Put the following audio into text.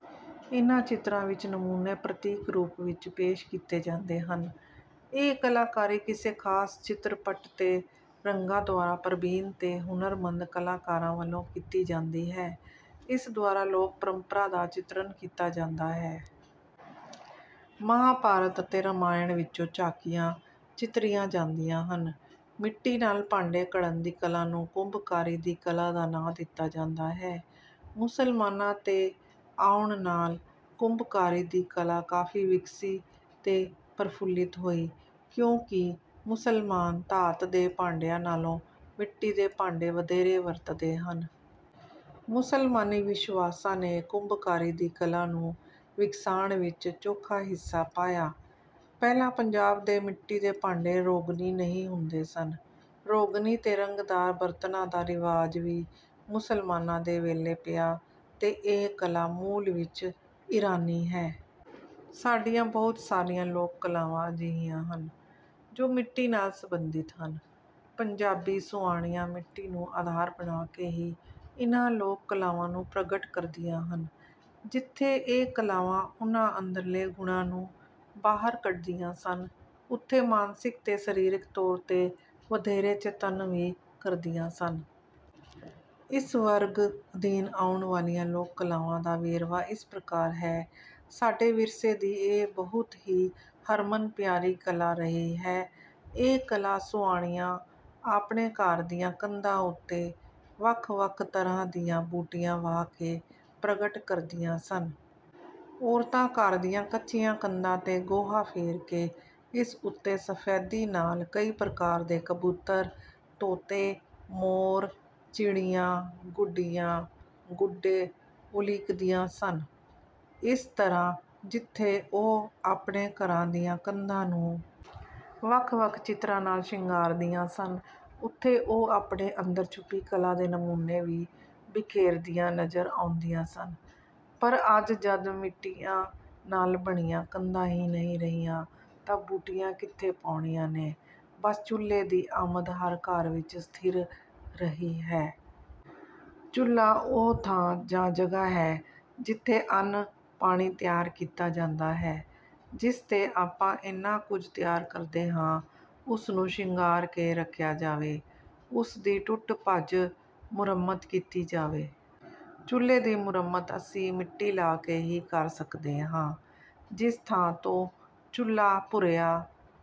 ਇਨ੍ਹਾਂ ਚਿੱਤਰਾਂ ਵਿੱਚ ਨਮੂਨੇ ਪ੍ਰਤੀਕ ਰੂਪ ਵਿੱਚ ਪੇਸ਼ ਕੀਤੇ ਜਾਂਦੇ ਹਨ। ਇਹ ਕਲਾਕਾਰੀ ਕਿਸੇ ਖਾਸ ਚਿੱਤਰਪਟ ਤੇ ਰੰਗਾਂ ਦੁਆਰਾ ਪਰਬੀਨ ਤੇ ਹੁਨਰਮੰਦ ਕਲਾਕਾਰਾਂ ਵਲੋਂ ਕੀਤੀ ਜਾਂਦੀ ਹੈ। ਇਸ ਦੁਆਰਾ ਲੋਕ ਪਰੰਪਰਾਂ ਦਾ ਚਿੱਤਰਨ ਕੀਤਾ ਜਾਂਦਾ ਹੈ। ਮਹਾਂਭਾਰਤ ਅਤੇ ਰਮਾਇਣ ਵਿੱਚੋਂ ਝਾਕੀਆਂ ਚਿੱਤਰੀਆਂ ਜਾਂਦੀਆਂ ਹਨ। ਮਿੱਟੀ ਨਾਲ ਭਾਂਡੇ ਘੜਨ ਦੀ ਕਲਾ ਨੂੰ ਕੁੰਭਕਾਰੀ ਦੀ ਕਲਾ ਦਾ ਨਾਂ ਦਿੱਤਾ ਜਾਂਦਾ ਹੈ, ਮੁਸਲਮਾਨਾ ਤੇ ਆਉਣ ਨਾਲ ਕੁੰਭਕਾਰੀ ਦੀ ਕਲਾ ਕਾਫੀ ਵਿਗਸੀ ਤੇ ਪ੍ਰਫੁੱਲਿਤ ਹੋਈ ਕਿਉਂਕਿ ਮੁਸਲਮਾਨ ਧਾਤ ਦੇ ਭਾਂਡਿਆਂ ਨਾਲੋਂ ਮਿੱਟੀ ਦੇ ਭਾਂਡੇ ਵਧੇਰੇ ਵਰਤਦੇ ਹਨ। ਮੁਸਲਮਾਨੀ ਵਿਸ਼ਵਾਸਾਂ ਨੇ ਕੁੰਭਕਾਰੀ ਦੀ ਕਲਾ ਨੂੰ ਵਿਗਸਾਣ ਵਿੱਚ ਚੌਖਾ ਹਿੱਸਾ ਪਾਇਆ। ਪਹਿਲਾਂ ਪੰਜਾਬ ਦੇ ਮਿੱਟੀ ਦੇ ਭਾਂਡੇ ਰੋਗਨੀ ਨਹੀਂ ਹੁੰਦੇ ਸਨ। ਰੋਗਨੀ ਤੇ ਰੰਗਦਾਰ ਬਰਤਨਾਂ ਦਾ ਰਿਵਾਜ ਵੀ ਮੁਸਲਮਾਨਾਂ ਦੇ ਵੇਲੇ ਪਿਆ ਤੇ ਇਹ ਕਲਾ ਮੂਲ ਵਿੱਚ ਈਰਾਨੀ ਹੈ। ਸਾਡੀਆਂ ਬਹੁਤ ਸਾਰੀਆਂ ਲੋਕ-ਕਲਾਵਾਂ ਅਜਿਹੀਆਂ ਹਨ, ਜੋ ਮਿੱਟੀ ਨਾਲ ਸੰਬੰਧਿਤ ਹਨ। ਪੰਜਾਬੀ ਸੁਆਣੀਆਂ ਮਿੱਟੀ ਨੂੰ ਆਧਾਰ ਬਣਾ ਕੇ ਹੀ ਇਨ੍ਹਾਂ ਲੋਕ-ਕਲਾਵਾਂ ਨੂੰ ਪ੍ਰਗਟ ਕਰਦੀਆਂ ਹਨ। ਜਿੱਥੇ ਇਹ ਕਲਾਵਾਂ ਉਨ੍ਹਾਂ ਅੰਦਰਲੇ ਗੁਣਾਂ ਨੂੰ ਬਾਹਰ ਕੱਢਦੀਆਂ ਸਨ, ਉੱਥੇ ਮਾਨਸਿਕ ਤੇ ਸਰੀਰਕ ਤੌਰ ਤੇ ਵਧੇਰੇ ਚੇਤੰਨ ਵੀ ਕਰਦੀਆਂ ਸਨ। ਇਸ ਵਰਗ ਅਧੀਨ ਆਉਣ ਵਾਲੀਆਂ ਲੋਕ ਕਲਾਵਾਂ ਦਾ ਵੇਰਵਾ ਇਸ ਪ੍ਰਕਾਰ ਹੈ ਸਾਡੇ ਵਿਰਸੇ ਦੀ ਇਹ ਬਹੁਤ ਹੀ ਹਰਮਨ ਪਿਆਰੀ ਕਲਾ ਰਹੀ ਹੈ। ਇਹ ਕਲਾ ਸੁਆਣੀਆਂ ਆਪਣੇ ਘਰ ਦੀਆਂ ਕੰਧਾਂ ਉੱਤੇ ਵੱਖ-ਵੱਖ ਤਰ੍ਹਾਂ ਦੀਆਂ ਬੂਟੀਆਂ ਵਾਹ ਕੇ ਪ੍ਰਗਟ ਕਰਦੀਆਂ ਸਨ। ਔਰਤਾਂ ਘਰ ਦੀਆਂ ਕੱਚੀਆਂ ਕੰਧਾਂ ਤੇ ਗੋਹਾ ਫੇਰ ਕੇ ਇਸ ਉੱਤੇ ਸਫ਼ੈਦੀ ਨਾਲ ਕਈ ਪ੍ਰਕਾਰ ਦੇ ਕਬੂਤਰ, ਤੋਤੇ, ਮੋਰ, ਚਿੜੀਆਂ, ਗੁੱਡੀਆਂ, ਗੁੱਡੇ ਉਲ੍ਹੀਕਦੀਆਂ ਸਨ। ਇਸ ਤਰ੍ਹਾ ਜਿੱਥੇ ਉਹ ਆਪਣੇ ਘਰਾਂ ਦੀਆਂ ਕੰਧਾਂ ਨੂੰ ਵੱਖ-ਵੱਖ ਚਿੱਤਰਾਂ ਨਾਲ ਸ਼ਿੰਗਾਰ ਦੀਆ ਸਨ, ਉਥੇ ਉਹ ਆਪਣੇ ਅੰਦਰ ਛੁਪੀ ਕਲਾ ਦੇ ਨਮੂਨੇ ਵੀ ਬਿਖੇਰ ਦੀਆ ਨਜ਼ਰ ਆਉਂਦੀਆ ਸਨ, ਪਰ ਅੱਜ ਜਦ ਮਿੱਟੀਆਂ ਨਾਲ ਬਣੀਆਂ ਕੰਧਾਂ ਹੀ ਨਹੀਂ ਰਹੀਆਂ, ਤਾਂ ਬੂਟੀਆਂ ਕਿੱਥੇ ਪਾਊਣੀਆ ਨੇ ਬਸ ਚੁੱਲੇ ਦੀ ਆਮਦ ਹਰ ਘਰ ਵਿਚ ਸਥਿਰ ਰਹੀ ਹੈ। ਚੁੱਲ੍ਹਾ ਉਹ ਥਾਂ ਜਾਂ ਜਗ੍ਹਾਂ ਹੈ, ਜਿੱਥੇ ਅੰਨ, ਪਾਣੀ ਤਿਆਰ ਕੀਤਾ ਜਾਂਦਾ ਹੈ। ਜਿਸ ਤੇ ਆਪਾਂ ਏਨਾ ਕੁਝ ਤਿਆਰ ਕਰਦੇ ਹਾਂ ਉਸ ਨੂੰ ਸ਼ਿੰਗਾਰ ਕੇ ਰੱਖਿਆ ਜਾਵੇ। ਉਸ ਦੀ ਟੁੱਟ-ਭੱਜ ਮੁਰੰਮਤ ਕੀਤੀ ਜਾਵੇ। ਚੁੱਲ੍ਹੇ ਦੀ ਮੁਰੰਮਤ ਅਸੀਂ ਮਿੱਟੀ ਲਾ ਕੇ ਹੀ ਕਰ ਸਕਦੇ ਹਾਂ। ਜਿਸ ਥਾਂ ਤੋਂ ਚੁੱਲ੍ਹਾਂ ਭੁਰਿਆ